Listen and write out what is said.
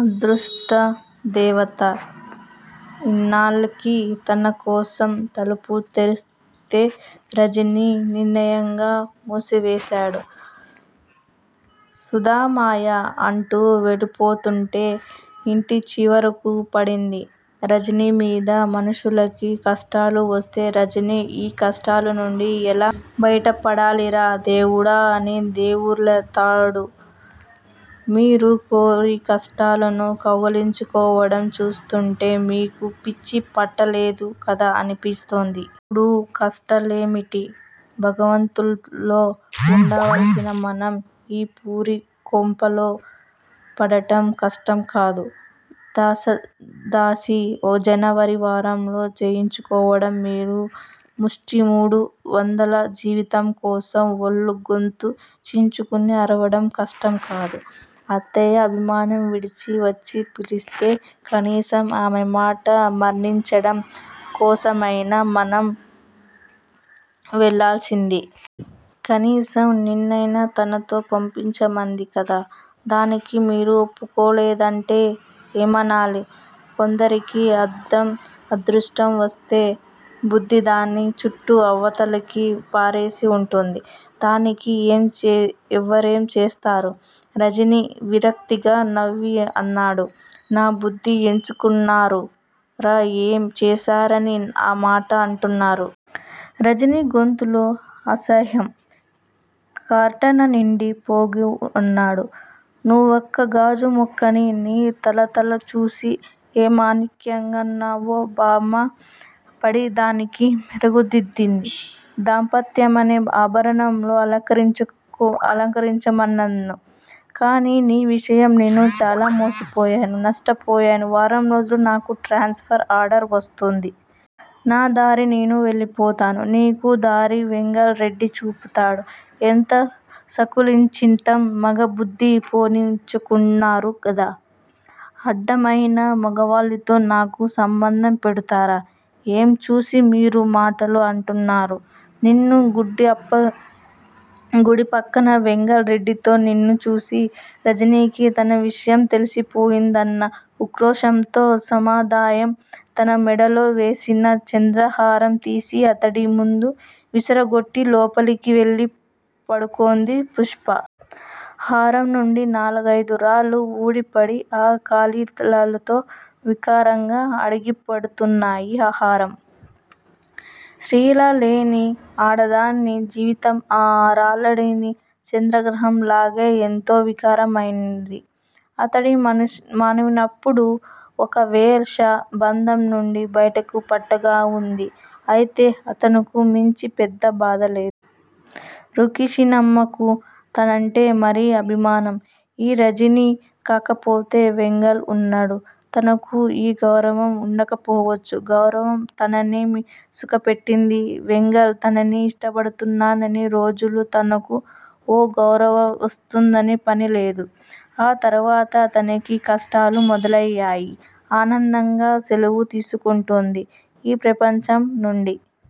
అదృష్ట దేవత ఇన్నాల్టికి తన కోసం తలుపులు తెరిస్తే రజనీ నిర్దయగా మూసివేశాడు. సుధామయి అటు వెడుతూనే ఇటు విరుచుకు పడింది రజనీ మీద. మనుషులకి కష్టాలు వస్తే రజనీ ఈ కష్టాల నుండి ఎలా బయటపడాలిరా దేవుడా అని దేవుళ్లాడతారు. మీరు కోరి కష్టాలను కౌగిలించుకోవడం చూస్తుంటే మీకు పిచ్చి పట్టలేదు కదా అనిపిస్తుంది! ఇప్పుడున్న కష్టాలేమిటి? భవంతుల్లో వుండాల్సిన మనం ఈ పూరి కొంపలో పడడం కష్టం కాదూ? దాసదాసీ జనపరి వారంతో చేయించుకోవడం, మీరు ముష్టి మూడు వందల జీతం కోసం బళ్ళో గొంతు చించుకు అరవడం కష్టం కాదూ? అత్తయ్య అభిమానం విడిచి వచ్చి పిలిస్తే కనీసం ఆమె మాట మన్నించడం కోసమైనా మనం వెళ్లాల్సింది! కనీసం నన్నైనా తనతో పంపించమంది కదా, దానికీ మీరు ఒప్పుకోలేదంటే ఏమనాలి? కొందరికి అందం అదృష్టం వరిస్తే బుద్ది దాన్ని చుట్టి అవతలకి పారేస్తూ వుంటుంది. దానికి ఎవరేం చేస్తారు? రజనీ విరక్తిగా నవ్వి అన్నాడు. నా బుద్ది ఎంచుతున్నారా? ఏం చేశానని ఆ మాట అంటున్నారు? రజనీ గొంతులో అసహ్యం, కాఠనం నిండి పోగా అన్నాడు. నువ్వొక గాజు ముక్కవి. నీ తళతళ చూసి ఏ మాణిక్యంగానో భమ పడి దానికి మెరుగులుదిద్ది దాంపత్యమనే ఆభరణంలో అలంకరించమన్నట్టు. కానీ, నీ విషయంలో నేను చాలా మోసపోయాను, నష్టపోయాను. వారంరోజుల్లో నాకు ట్రాన్శ్ ఫర్ ఆర్డర్ వస్తుంది. నాదారిన నేను వెళ్లిపోతాను. నీకు దారి వెంగల్ రెడ్డి చూపుతాడు. ఎంత సంకులిచితం? మగ బుద్ది పోనిచ్చుకున్నారు గాద, అడ్డమైన మగవాళ్లతో నాకు సంబంధం కడతారా? ఏం చూసి మీరీ మాటలు అంటున్నారు? నిన్ను గుడి పక్కన వెంగల్ రెడ్డితో నిన్ను చూసి! రజనీకి తన విషయం తెలిసి పోయిందన్న ఉక్రోషంతో సమాధాయం తన మెడలో వేసిన చంద్రహారం తీసి అతడి ముందు విసిరికొట్టి లోపలికి వెళ్లి పడుకొంది పుష్ప. హారంనుండి నాలుగైదు రాళ్లు ఊడి పడి ఆ కాళీలతో వికారంగా అదిగీపడుతున్నది హారం. శీల లేని ఆడదాని జీవితమూ ఆ రాళ్లూడిన చంద్రహారం లాగే ఎంత వికారమైంది. అతడి మనసిప్పుడు ఒక వేశ్య బంధం నుండి బయట పడ్డట్టుగా వుంది. అంతే! అంతకు మించి పెద్ద బాధ లేదు. రుక్మిణమ్మ కు తనంటే మరీ అభిమానం. ఈ రజనీ కాకపోతే వెంగల్ వున్నాడు తనకు. ఈ గౌరవం ఉండకపోవచ్చు. గౌరవం తననేం సుఖ పెట్టింది. వెంగల్ తనని ఇష్టపడినన్ని రోజులు తనకు ఓ గౌరవంతోనూ పనిలేదు. ఆ తరువాత తనకి కష్టాలు మొదలయ్యాయి ఆనందంగా సెలవు తీసుకొంటుంది ఈ ప్రపంచం నుండి.